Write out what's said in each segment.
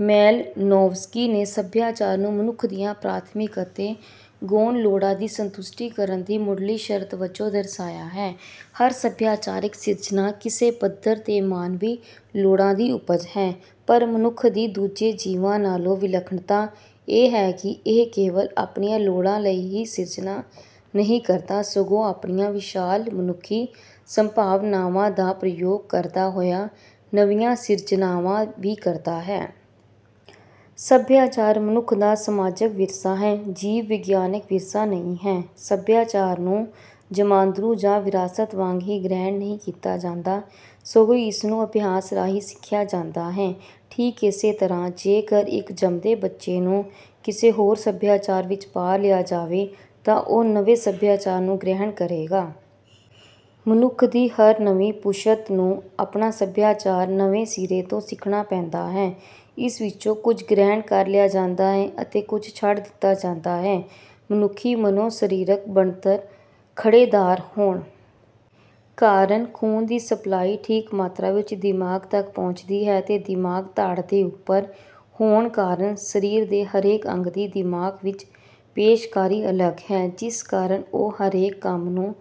Malinowski ਨੇ ਸਭਿਆਚਾਰ ਨੂੰ ਮਨੁੱਖ ਦੀਆਂ ਪ੍ਰਾਥਮਿਕ ਅਤੇ ਗੌਣ ਲੋੜਾਂ ਦੀ ਸੰਤੁਸ਼ਟੀ ਕਰਨ ਦੀ ਮੁੱਢਲੀ ਸ਼ਰਤ ਵਜੋਂ ਦਰਸਾਇਆ ਹੈ। “ਹਰ ਸਭਿਆਚਾਰਕ ਸਿਰਜਣਾ ਕਿਸੇ ਪੱਧਰ ’ਤੇ ਮਾਨਵੀ ਲੋੜਾਂ ਦੀ ਉਪਜ ਹੈ। ਪਰ ਮਨੁੱਖ ਦੀ ਦੂਜੇ ਜੀਵਾਂ ਨਾਲੋਂ ਵਿਲੱਖਣਤਾ ਇਹ ਹੈ ਕਿ ਇਹ ਕੇਵਲ ਆਪਣੀਆਂ ਲੋੜਾਂ ਲਈ ਹੀ ਸਿਰਜਣਾ ਨਹੀਂ ਕਰਦਾ, ਸਗੋਂ ਆਪਣੀਆਂ ਵਿਸ਼ਾਲ ਮਨੁੱਖੀ ਸੰਭਾਵਨਾਵਾਂ ਦਾ ਪ੍ਰਯੋਗ ਕਰਦਾ ਹੋਇਆ ਨਵੀਆਂ ਸਿਰਜਣਾਵਾਂ ਵੀ ਕਰਦਾ ਹੈ।” ਸਭਿਆਚਾਰ ਮਨੁੱਖ ਦਾ ਸਮਾਜਕ ਵਿਰਸਾ ਹੈ, ਜੀਵ-ਵਿਗਿਆਨਕ ਵਿਰਸਾ ਨਹੀਂ ਹੈ। ਸਭਿਆਚਾਰ ਨੂੰ ਜਮਾਂਦਰੂ ਜਾਂ ਵਿਰਾਸਤ ਵਾਂਗ ਹੀ ਗ੍ਰਹਿਣ ਨਹੀਂ ਕੀਤਾ ਜਾਂਦਾ, ਸਗੋਂ ਇਸ ਨੂੰ ਅਭਿਆਸ ਰਾਹੀਂ ਸਿੱਖਿਆ ਜਾਂਦਾ ਹੈ। ਠੀਕ ਇਸੇ ਤਰ੍ਹਾਂ, ਜੇਕਰ ਇੱਕ ਜੰਮਦੇ ਬੱਚੇ ਨੂੰ ਕਿਸੇ ਹੋਰ ਸਭਿਆਚਾਰ ਵਿੱਚ ਪਾ ਲਿਆ ਜਾਵੇ ਤਾਂ ਉਹ ਨਵੇਂ ਸਭਿਆਚਾਰ ਨੂੰ ਗ੍ਰਹਿਣ ਕਰੇਗਾ। ਮਨੁੱਖ ਦੀ ਹਰ ਨਵੀਂ ਪੁਸ਼ਤ ਨੂੰ ਆਪਣਾ ਸਭਿਆਚਾਰ ਨਵੇਂ ਸਿਰੇ ਤੋਂ ਸਿੱਖਣਾ ਪੈਂਦਾ ਹੈ। ਇਸ ਵਿੱਚੋਂ ਕੁਝ ਗ੍ਰਹਿਣ ਕਰ ਲਿਆ ਜਾਂਦਾ ਹੈ ਅਤੇ ਕੁਝ ਛੱਡ ਦਿੱਤਾ ਜਾਂਦਾ ਹੈ। ਮਨੁੱਖੀ ਮਨੋ-ਸਰੀਰਕ ਬਣਤਰ ਖੜ੍ਹੇਦਾਰ ਹੋਣ ਕਾਰਨ ਖ਼ੂਨ ਦੀ ਸਪਲਾਈ ਠੀਕ ਮਾਤਰਾ ਵਿੱਚ ਦਿਮਾਗ ਤੱਕ ਪਹੁੰਚਦੀ ਹੈ ਤੇ ਦਿਮਾਗ ਧੜ ਦੇ ਉੱਪਰ ਹੋਣ ਕਾਰਨ ਸਰੀਰ ਦੇ ਹਰੇਕ ਅੰਗ ਦੀ ਦਿਮਾਗ ਵਿੱਚ ਪੇਸ਼ਕਾਰੀ ਅਲੱਗ ਹੈ, ਜਿਸ ਕਾਰਨ ਉਹ ਹਰੇਕ ਕੰਮ ਨੂੰ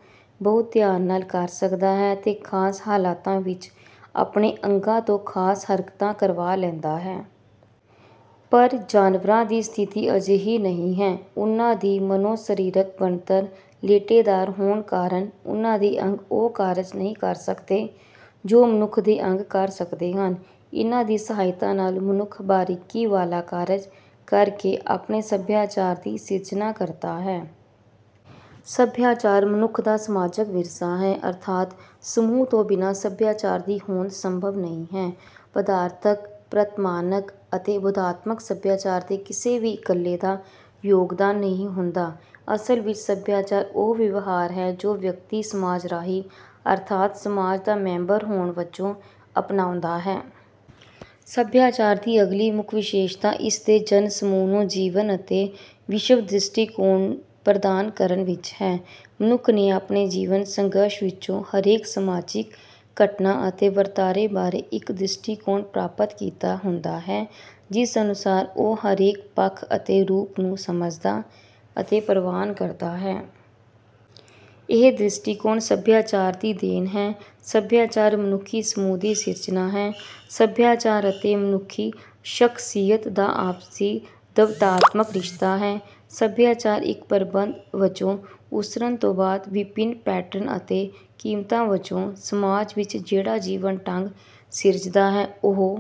ਬਹੁਤ ਧਿਆਨ ਨਾਲ ਕਰ ਸਕਦਾ ਹੈ ਤੇ ਖ਼ਾਸ ਹਾਲਤਾਂ ਵਿੱਚ ਆਪਣੇ ਅੰਗਾਂ ਤੋਂ ਖ਼ਾਸ ਹਰਕਤਾਂ ਕਰਵਾ ਲੈਂਦਾ ਹੈ। ਪਰ ਜਾਨਵਰਾਂ ਦੀ ਸਥਿਤੀ ਅਜਿਹੀ ਨਹੀਂ ਹੈ। ਉਨ੍ਹਾਂ ਦੀ ਮਨੋ-ਸਰੀਰਕ ਬਣਤਰ ਲੇਟੇਦਾਰ ਹੋਣ ਕਾਰਨ ਉਨ੍ਹਾਂ ਦੇ ਅੰਗ ਉਹ ਕਾਰਜ ਨਹੀਂ ਕਰ ਸਕਦੇ ਜੋ ਮਨੁੱਖ ਦੇ ਅੰਗ ਕਰ ਸਕਦੇ ਹਨ। ਇਨ੍ਹਾਂ ਦੀ ਸਹਾਇਤਾ ਨਾਲ ਮਨੁੱਖ ਬਾਰੀਕੀ ਵਾਲਾ ਕਾਰਜ ਕਰਕੇ ਆਪਣੇ ਸਭਿਆਚਾਰ ਦੀ ਸਿਰਜਣਾ ਕਰਦਾ ਹੈ। ਸਭਿਆਚਾਰ ਮਨੁੱਖ ਦਾ ਸਮਾਜਕ ਵਿਰਸਾ ਹੈ। ਅਰਥਾਤ, ਸਮੂਹ ਤੋਂ ਬਿਨਾਂ ਸਭਿਆਚਾਰ ਦੀ ਹੋਂਦ ਸੰਭਵ ਨਹੀਂ ਹੈ। ਪਦਾਰਥਕ, ਪ੍ਰਤਿਮਾਨਕ ਅਤੇ ਬੋਧਾਤਮਕ ਸਭਿਆਚਾਰ ਦੇ ਕਿਸੇ ਵੀ ਇੱਕਲੇ ਦਾ ਯੋਗਦਾਨ ਨਹੀਂ ਹੁੰਦਾ। ਅਸਲ ਵਿੱਚ ਸਭਿਆਚਾਰ ਉਹ ਵਿਵਹਾਰ ਹੈ ਜੋ ਵਿਅਕਤੀ ਸਮਾਜ ਰਾਹੀਂ, ਅਰਥਾਤ ਸਮਾਜ ਦਾ ਮੈਂਬਰ ਹੋਣ ਵਜੋਂ, ਅਪਣਾਉਂਦਾ ਹੈ। ਸਭਿਆਚਾਰ ਦੀ ਅਗਲੀ ਮੁੱਖ ਵਿਸ਼ੇਸ਼ਤਾ ਇਸ ਦੇ ਜਨ-ਸਮੂਹ ਨੂੰ ਜੀਵਨ ਅਤੇ ਵਿਸ਼ਵ-ਦ੍ਰਿਸ਼ਟੀਕੋਣ ਪ੍ਰਦਾਨ ਕਰਨ ਵਿੱਚ ਹੈ। ਮਨੁੱਖ ਨੇ ਆਪਣੇ ਜੀਵਨ-ਸੰਘਰਸ਼ ਵਿੱਚੋਂ ਹਰੇਕ ਸਮਾਜਿਕ ਘਟਨਾ ਅਤੇ ਵਰਤਾਰੇ ਬਾਰੇ ਇੱਕ ਦ੍ਰਿਸ਼ਟੀਕੋਣ ਪ੍ਰਾਪਤ ਕੀਤਾ ਹੁੰਦਾ ਹੈ, ਜਿਸ ਅਨੁਸਾਰ ਉਹ ਹਰੇਕ ਪੱਖ ਅਤੇ ਰੂਪ ਨੂੰ ਸਮਝਦਾ ਅਤੇ ਪ੍ਰਵਾਨ ਕਰਦਾ ਹੈ। ਇਹ ਦ੍ਰਿਸ਼ਟੀਕੋਣ ਸਭਿਆਚਾਰ ਦੀ ਦੇਣ ਹੈ। ਸਭਿਆਚਾਰ ਮਨੁੱਖੀ ਸਮੂਹ ਦੀ ਸਿਰਜਣਾ ਹੈ। ਸਭਿਆਚਾਰ ਅਤੇ ਮਨੁੱਖੀ ਸ਼ਖ਼ਸੀਅਤ ਦਾ ਆਪਸੀ ਦਵੰਦਾਤਮਕ ਰਿਸ਼ਤਾ ਹੈ। ਸਭਿਆਚਾਰ ਇੱਕ ਪ੍ਰਬੰਧ ਵਜੋਂ ਉਸਰਨ ਤੋਂ ਬਾਅਦ ‘ਵਿਭਿੰਨ ਪੈਟਰਨ’ ਅਤੇ ਕੀਮਤਾਂ ਵਜੋਂ ਸਮਾਜ ਵਿੱਚ ਜਿਹੜਾ ਜੀਵਨ-ਢੰਗ ਸਿਰਜਦਾ ਹੈ, ਉਹ...